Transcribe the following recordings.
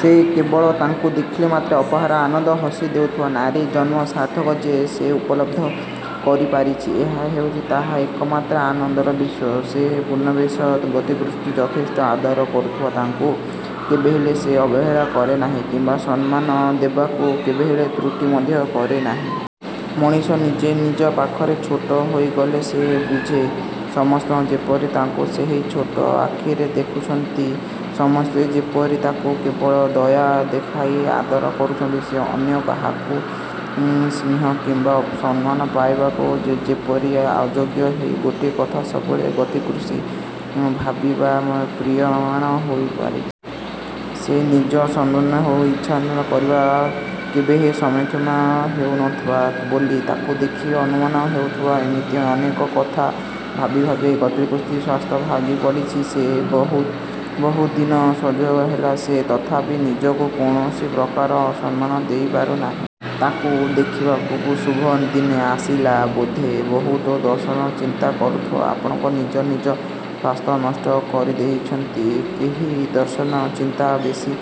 ସେ କେବଳ ତାଙ୍କୁ ଦେଖିଲାମାତ୍ରେ ଅପାର ଆନନ୍ଦରେ ହସି ଦେଉଥିଲା। ନାରୀ ଜନ୍ମର ସାର୍ଥକତା ଯେ ସେ ଉପଲବ୍ଧି କରିପାରିଛି ଏହା ହେଉଛି ତାହାର ଏକମାତ୍ର ଆନନ୍ଦର ବିଷୟ। ସେ ପୂର୍ବାପେକ୍ଷା ଗତିକୃଷ୍ଣଙ୍କୁ ଯଥେଷ୍ଟ ଆଦର କରୁଥିଲା। ତାଙ୍କୁ କେବେହେଲେ ସେ ଅବହେଳା କରେନାହିଁ କିମ୍ବା ସମ୍ମାନ ଦେବାକୁ କେବେହେଲେ ତ୍ରୁଟି ମଧ୍ୟ କରେନାହିଁ। ମଣିଷ ନିଜେ ନିଜ ପାଖରେ ଛୋଟ ହୋଇଗଲେ ସେ ବୁଝେ ସମସ୍ତେ ଯେପରି ତାକୁ ସେହି ଛୋଟ ଆଖିରେ ଦେଖୁଛନ୍ତି। ସମସ୍ତେ ଯେପରି ତାକୁ କେବଳ ଦୟା ଦେଖାଇ ଆଦର କରୁଛନ୍ତି। ସେ ଅନ୍ୟ କାହାପାଖରୁ ସ୍ନେହ କିମ୍ବା ସମ୍ମାନ ପାଇବାକୁ ଯେପରି ଅଯୋଗ୍ୟ ଏହି ଗୋଟିଏ କଥା ସବୁବେଳେ ଗତିକୃଷ୍ଣ ଭାବିଭାବି ମ୍ରିୟମାଣ ହୋଇଯାଇଥିଲେ। ସେ ନିଜ ସମ୍ବନ୍ଧରେ ଉଚ୍ଚଚିନ୍ତା କରିବାକୁ କେବେ ସକ୍ଷମ ହେଉଥିଲେ ବୋଲି ତାଙ୍କୁ ଦେଖି ଅନୁମାନ ହେଉନଥିଲା। ଏମିତି ଅନେକ କଥା ଭାବି ଭାବି ଗତିକୃଷ୍ଣଙ୍କ ସ୍ୱାସ୍ଥ୍ୟ ଭାଙ୍ଗିପଡ଼ିଲା। ସେ ବହୁଦିନ ଶଯ୍ୟାଶାୟୀ ହେଲେ। ସେ ତଥାପି ନିଜକୁ କୌଣସି ପ୍ରକାରେ ସାନ୍ତ୍ୱାନା ଦେଇପାରିଲେ ନାହିଁ। ତାଙ୍କୁ ଦେଖିବାକୁ ଶୁଭ୍ରା ଦିନେ ଆସିଥିଲା। ବୋଧହୁଏ ବହୁତ ଦର୍ଶନ ଚିନ୍ତା କରୁକରୁ ଆପଣ ନିଜେ ନିଜର ସ୍ୱାସ୍ଥ୍ୟକୁ ନଷ୍ଟ କରିଦେଇଛନ୍ତି। ଏଣିକି ଦର୍ଶନ ଚିନ୍ତା ବେଶି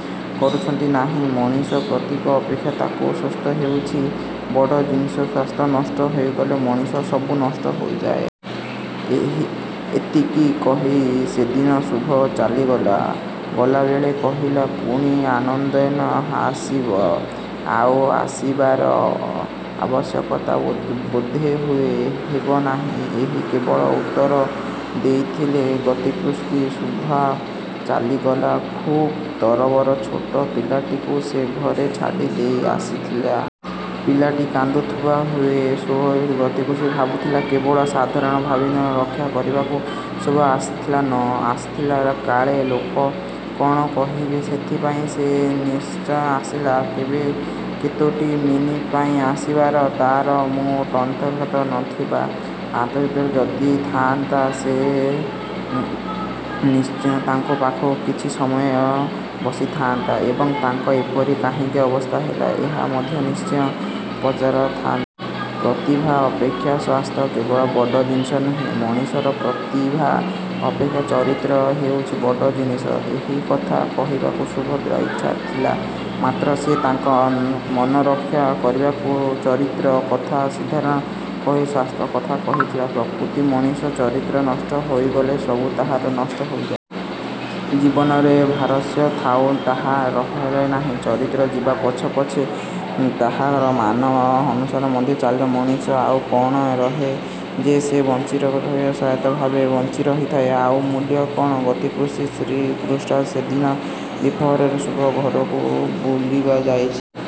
କରନ୍ତୁ ନାହିଁ। ମଣିଷର ପ୍ରତିଭା ଅପେକ୍ଷା ତାହାର ସ୍ୱାସ୍ଥ୍ୟଟା ହେଉଛି ବଡ଼ ଜିନିଷ। ସ୍ୱାସ୍ଥ୍ୟ ନଷ୍ଟ ହୋଇଗଲେ ମଣିଷର ସବୁ ନଷ୍ଟ ହୋଇଯାଏ। '' ଏତିକି କହି ସେଦିନ ଶୁଭ୍ରା ଚାଲିଗଲା। ଗଲାବେଳେ କହିଲା, ''ପୁଣି ଆଉଦିନେ ଆସିବି। '' ''ଆଉ ଆସିବାର ଆବଶ୍ୟକତା ବୋଧହୁଏ ହେବନାହିଁ। ଏତିକି କେବଳ ଉତ୍ତର ଦେଇଥିଲେ ଗତିକୃଷ୍ଣ। '' ଶୁଭ୍ରା ଚାଲିଗଲା ଖୁବ୍ ତରବରରେ। ଛୋଟ ପିଲାଟିକୁ ସେ ଘରେ ଛାଡ଼ି ଦେଇ ଆସିଥିଲା। ପିଲାଟି କାନ୍ଦୁଥିବ ହୁଏତ। ଶୋଇଶୋଇ ଗତିକୃଷ୍ଣ ଭାବୁଥିଲେ କେବଳ ସାଧାରଣ ଭଦ୍ରାମି ରକ୍ଷାକରିବାକୁ ଶୁଭ୍ରା ଆସିଥିଲା, ନ ଆସିଥିଲେ କାଳେ ଲୋକ କ'ଣ କହିବେ ସେଥିପାଇଁ ସେ ନିଶ୍ଚୟ ଆସିଥିଲା କେବଳ କେତୋଟି ମିନିଟ୍ ପାଇଁ। ଆସିବାରେ ତା'ର ମୋଟେ ଆନ୍ତରିକତା ନ ଥିଲା। ଆନ୍ତରିକତା ଯଦି ଥାଆନ୍ତା ତେବେ ସେ ନିଶ୍ଚୟ ତାଙ୍କ ପାଖରେ କିଛି ସମୟ ବସିଥାଆନ୍ତା ଏବଂ ତାଙ୍କର ଏପରି କାହିଁକି ଅବସ୍ଥା ହେଲା ଏହା ମଧ୍ୟ ନିଶ୍ଚୟ ପଚାରିଥାଆନ୍ତି। ପ୍ରତିଭା ଅପେକ୍ଷା ସ୍ୱାସ୍ଥ୍ୟ କେବେ ବଡ଼ ଜିନିଷ ନୁହେଁ। ମଣିଷର ପ୍ରତିଭା ଅପେକ୍ଷା ଚରିତ୍ର ହେଉଛି ବଡ଼ ଜିନିଷ। ଏହିକଥା କହିବାକୁ ଶୁଭ୍ରାର ଇଚ୍ଛା ଥିଲା; ମାତ୍ର ସେ ତାଙ୍କର ମନରକ୍ଷା କରିବାକୁ ଚରିତ୍ର କଥା ସିଧାସଳଖ ନ କହି ସ୍ୱାସ୍ଥ୍ୟ କଥା କହିଲା। ପ୍ରକୃତରେ ମଣିଷର ଚରିତ୍ର ନଷ୍ଟ ହୋଇଗଲେ ସବୁ ତାହାର ନଷ୍ଟ ହୋଇଯାଏ। ଜୀବନର ଭାରସାମ୍ୟ ଆଉ ତାହାର ରହେନାହିଁ। ଚରିତ୍ର ଯିବା ପଛେ ପଛେ ତାହାର ମାନ, ସମ୍ମାନ ମଧ୍ୟ ଚାଲିଯାଏ। ମଣିଷର ଆଉ କ'ଣ ରହେ ଯେ ସେ ବଞ୍ଚିରହିବ? ଅସହାୟ ଭାବରେ ବଞ୍ଚିରହିବାର ଆଉ ମୂଲ୍ୟ କ'ଣ? ଗତିକୃଷ୍ଣର ସ୍ତ୍ରୀ ପୁଷ୍ପା ସେଦିନ ଦ୍ୱିପ୍ରହରରେ ଶୁଭ୍ରା ଘରକୁ ବୁଲିଯାଇଥିଲା।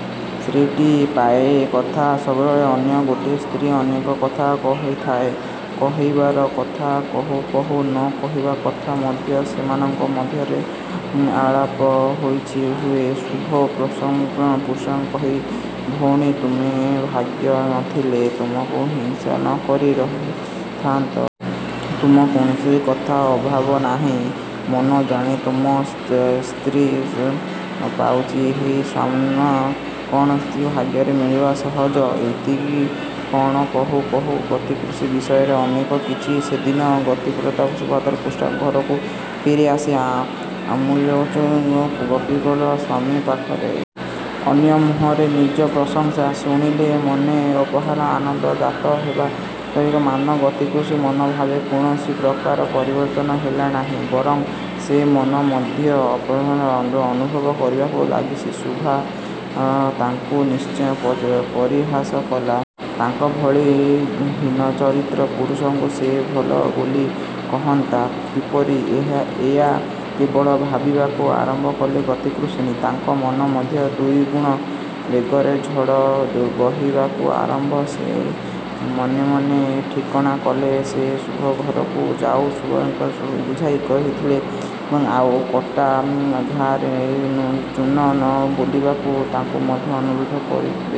ସ୍ତ୍ରୀଟିଏ ପାଇଲେ କଥା ପ୍ରସଙ୍ଗରେ ଅନ୍ୟ ଗୋଟିଏ ସ୍ତ୍ରୀ ଅନେକ କଥା କହିଯାଏ। କହିବା କଥା କହୁଁ କହୁଁ ନ କହିବା କଥା ମଧ୍ୟ ସେମାନଙ୍କ ମଧ୍ୟରେ ଆଳାପ ଆଲୋଚନା ହୁଏ। ଶୁଭ୍ରା ପ୍ରସଙ୍ଗକ୍ରମେ ପୁଷ୍ପାକୁ କହିଲା, ''ଭଉଣୀ! ତୁମର ଭାଗ୍ୟ ଦେଖିଲେ ତୁମକୁ ହିଂସା ନ କରି ରହିହୁଏ ନାହିଁ।। ତୁମର କୌଣସି କଥା ଅଭାବ ନାହିଁ। ମନ ଜାଣି ତୁମେ ସ୍ୱାମୀ ପାଇଛ। ଏମିତି ସ୍ୱାମୀ କ'ଣ ସ୍ତ୍ରୀ ଭାଗ୍ୟରେ ମିଳିବା ସହଜ? '' ଏମିତି କେତେ କ'ଣ କହୁଁ କହୁଁ ଗତିକୃଷ୍ଣ ବିଷୟରେ ଅନେକ କିଛି ସେଦିନ ଗପିଗଲା ଶୁଭ୍ରା। ପୁଷ୍ପା ଘରକୁ ଫେରିଆସି ଆମୂଳଚୂଳ ଗପିଗଲା ସ୍ୱାମୀ ପାଖରେ। ଅନ୍ୟ ମୁହଁରେ ନିଜର ପ୍ରଶଂସା ଶୁଣିଲେ ମନରେ ଅପାର ଆନନ୍ଦ ଜାତ ହେବା ସ୍ୱାଭାବିକ ମାତ୍ର ଗତିକୃଷ୍ଣର ମନର ଭାବ କୌଣସି ପ୍ରକାରେ ପରିବର୍ତ୍ତନ ହେଲାନାହିଁ; ବରଂ ସେ ମନ ମଧ୍ୟରେ ଅସହ୍ୟ ଯନ୍ତ୍ରଣା ଅନୁଭବ କରିବାକୁ ଲାଗିଲେ। ଶୁଭ୍ରା ତାଙ୍କୁ ନିଶ୍ଚୟ ପରିହାସ କଲା। ତାଙ୍କ ଭଳି ହୀନଚରିତ୍ର ପୁରୁଷକୁ ସେ ଭଲ ବୋଲି କହନ୍ତା କିପରି? ଏୟା କେବଳ ଭାବିବାକୁ ଆରମ୍ଭ କଲେ ଗତିକୃଷ୍ଣ। ତାଙ୍କର ମନ ମଧ୍ୟରେ ଦୁଇଗୁଣ ବେଗରେ ଝଡ଼ ବହିବାକୁ ଆରମ୍ଭକଲା। ସେ ମନେମନେ ଠିକଣା କଲେ ସେ ଶୁଭ୍ରା ଘରକୁ ଯାଇ ଶୁଭ୍ରାକୁ ସବୁକଥା ବୁଝାଇ କହିବେ ଏବଂ ଆଉ କଟା ଘାଆରେ ଚୂନ ନ ବୋଳିବାକୁ ତାକୁ ମଧ୍ୟ ଅନୁରୋଧ କରିବେ।